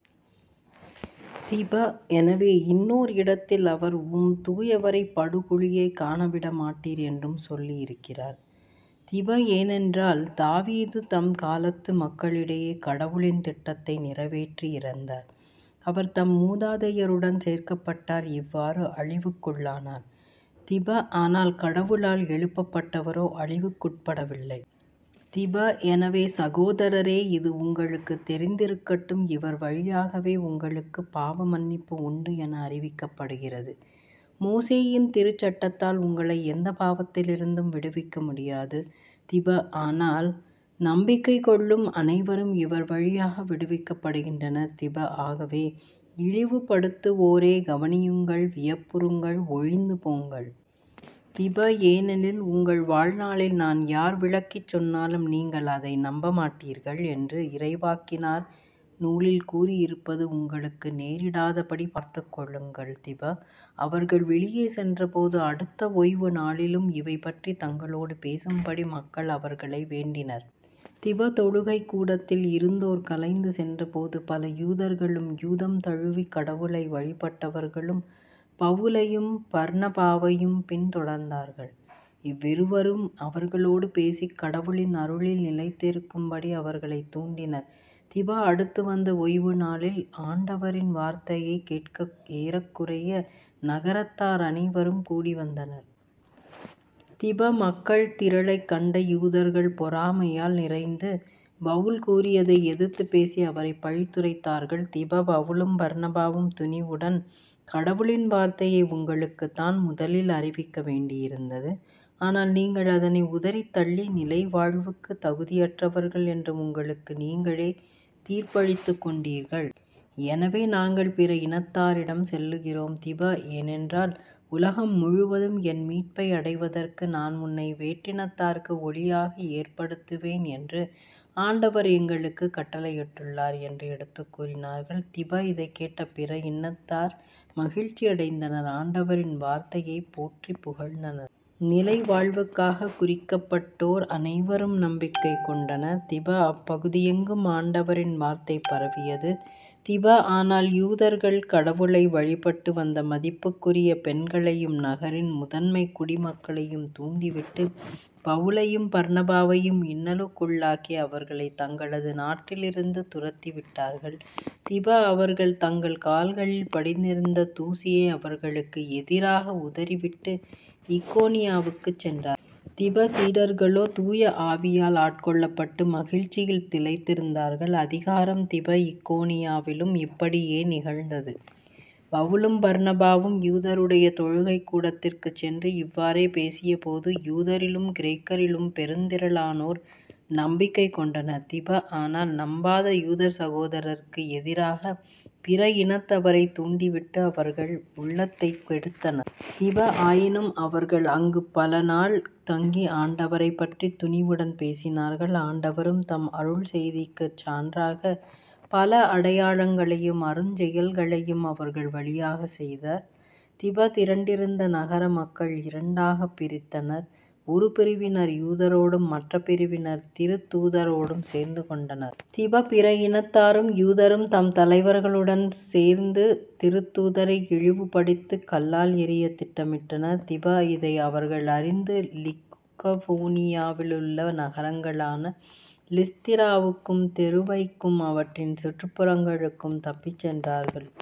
திப. எனவே இன்னோர் இடத்தில் அவர் " உம் தூயவரை படுகுழியைக் காணவிடமாட்டீர் " என்றும் சொல்லியிருக்கிறார். திப. ஏனென்றால் தாவீது தம் காலத்து மக்களிடையே கடவுளின் திட்டத்தை நிறைவேற்றி இறந்தார். அவர் தம் மூதாதையருடன் சேர்க்கப்பட்டார் இவ்வாறு அழிவுக்குள்ளானார். திப. ஆனால் கடவுளால் எழுப்பப்பட்டவரோ அழிவுக்குட்படவில்லை. திப. எனவே சகோதரரே இது உங்களுக்குத் தெரிந்திருக்கட்டும் இவர் வழியாகவே உங்களுக்கப் பாவ மன்னிப்பு உண்டு என அறிவிக்கப்படுகிறது. மோசேயின் திருச்சட்டத்தால் உங்களை எந்தப் பாவத்திலிருந்தும் விடுவிக்கமுடியாது. திப. ஆனால் நம்பிக்கை கொள்ளும் அனைவரும் இவர்வழியாக விடுவிக்கப்படுகின்றனர். திப. ஆகவே " இழிவுபடுத்துவோரே கவனியுங்கள், வியப்புறுங்கள், ஒழிந்து போங்கள். திப. ஏனெனில் உங்கள் வாழ்நாளில் நான் யார் விளக்கிச் சொன்னாலும் நீங்கள் அதை நம்பமாட்டீர்கள். " என்று இறைவாக்கினர் நூலில் கூறியிருப்பது உங்களுக்கு நேரிடாதபடி பார்த்துக்கொள்ளுங்கள். திப. அவர்கள் வெளியே சென்றபோது அடுத்த ஓய்வு நாளிலும் இவை பற்றித் தங்களோடு பேசும்படி மக்கள் அவர்களை வேண்டினர். திப. தொழுகைக் கூடத்தில் இருந்தோர் கலைந்து சென்றபோது பல யூதர்களும் யூதம் தழுவிக் கடவுளை வழிபட்டவர்களும் பவுலையும் பர்னபாவையும் பின் தொடர்ந்தார்கள். இவ்விருவரும் அவர்களோடு பேசிக் கடவுளின் அருளில் நிலைத்திருக்கும்படி அவர்களைத் தூண்டினர். திப. அடுத்து வந்த ஓய்வு நாளில் ஆண்டவரின் வார்த்தையைக் கேட்க ஏறக்குறைய நகரத்தார் அனைவரும் கூடி வந்தனர். திப. மக்கள் திரளைக் கண்ட யூதர்கள் பொறாமையால் நிறைந்து பவுல் கூறியதை எதிர்த்துப் பேசி அவரைப் பழித்துரைத்தார்கள். திப. பவுலும் பர்னபாவும் துணிவுடன் " கடவுளின் வார்த்தையை உங்களுக்குத்தான் முதலில் அறிவிக்க வேண்டியிருந்தது. ஆனால் நீங்கள் அதனை உதறித் தள்ளி நிலை வாழ்வுக்குத் தகுதியற்றவர்கள் என்று உங்களுக்கு நீங்களே தீர்ப்பளித்துக் கொண்டீர்கள். எனவே நாங்கள் பிற இனத்தாரிடம் செல்லுகிறோம். திப. ஏனென்றால் " உலகம் முழுவதும் என் மீட்பை அடைவதற்கு நான் உன்னை வேற்றினத்தார்க்கு ஒளியாக ஏற்படுத்துவேன் " என்று ஆண்டவர் எங்களுக்குக் கட்டளையிட்டுள்ளார் " என்று எடுத்துக் கூறினார்கள். திப. இதைக் கேட்ட பிற இனத்தார் மகிழ்ச்சியடைந்தனர் ஆண்டவரின் வார்த்தையைப் போற்றிப் புகழ்ந்தனர். நிலைவாழ்வுக்காகக் குறிக்கப்பட்டோ ர் அனைவரும் நம்பிக்கை கொண்டனர். திப. அப்பகுதியெங்கும் ஆண்டவரின் வார்த்தை பரவியது. திப. ஆனால் யூதர்கள் கடவுளை வழிபட்டு வந்த மதிப்புக்குரிய பெண்களையும் நகரின் முதன்மைக் குடிமக்களையும் தூண்டிவிட்டு பவுலையும் பர்னபாவையும் இன்னலுக்குள்ளாக்கி அவர்களைத் தங்களது நாட்டிலிருந்து துரத்திவிட்டார்கள். திப. அவர்கள் தங்கள் கால்களில் படிந்திருந்த தூசியை அவர்களுக்கு எதிராக உதறிவிட்டு இக்கோனியாவுக்குச் சென்றார்கள். திப. சீடர்களோ தூய ஆவியால் ஆட்கொள்ளப்பட்டு மகிழ்ச்சியில் திளைத்திருந்தார்கள்.. அதிகாரம் திப. இக்கோனியாவிலும் இப்படியே நிகழ்ந்தது. பவுலும் பர்னபாவும் யூதருடைய தொழுகைக் கூடத்திற்குச் சென்று இவ்வாறே பேசியபோது யூதரிலும் கிரேக்கரிலும் பெருந் திரளானோர் நம்பிக்கை கொண்டனர். திப. ஆனால் நம்பாத யூதர் சகோதரருக்கு எதிராகப் பிற இனத்தவரைத் தூண்டிவிட்டு அவர்கள் உள்ளத்தைக் கெடுத்தனர். திப. ஆயினும் அவர்கள் அங்குப் பல நாள் தங்கி ஆண்டவரைப்பற்றித் துணிவுடன் பேசினார்கள். ஆண்டவரும் தம் அருள் செய்திக்குச் சான்றாகப் பல அடையாளங்களையும் அருஞ்செயல்களையும் அவர்கள் வழியாகச் செய்தார். திப. திரண்டிருந்த நகரமக்கள் இரண்டாகப் பிரித்தனர். ஒரு பிரிவினர் யூதரோடும் மற்றப் பிரிவினர் திருத்தூதரோடும் சேர்ந்துகொண்டனர். திப. பிற இனத்தாரும் யூதரும் தம் தலைவர்களுடன் சோந்து திருத்தூதரை இழிவுபடுத்தி கல்லால் எறியத் திட்டமிட்டனர். திப. இதை அவர்கள் அறிந்து லிக்கவோனியாவிலுள்ள நகரங்களான லிஸ்திராவுக்கும் தெருபைக்கும் அவற்றின் சுற்றுப்புறங்களுக்கும் தப்பிச் சென்றார்கள். திப.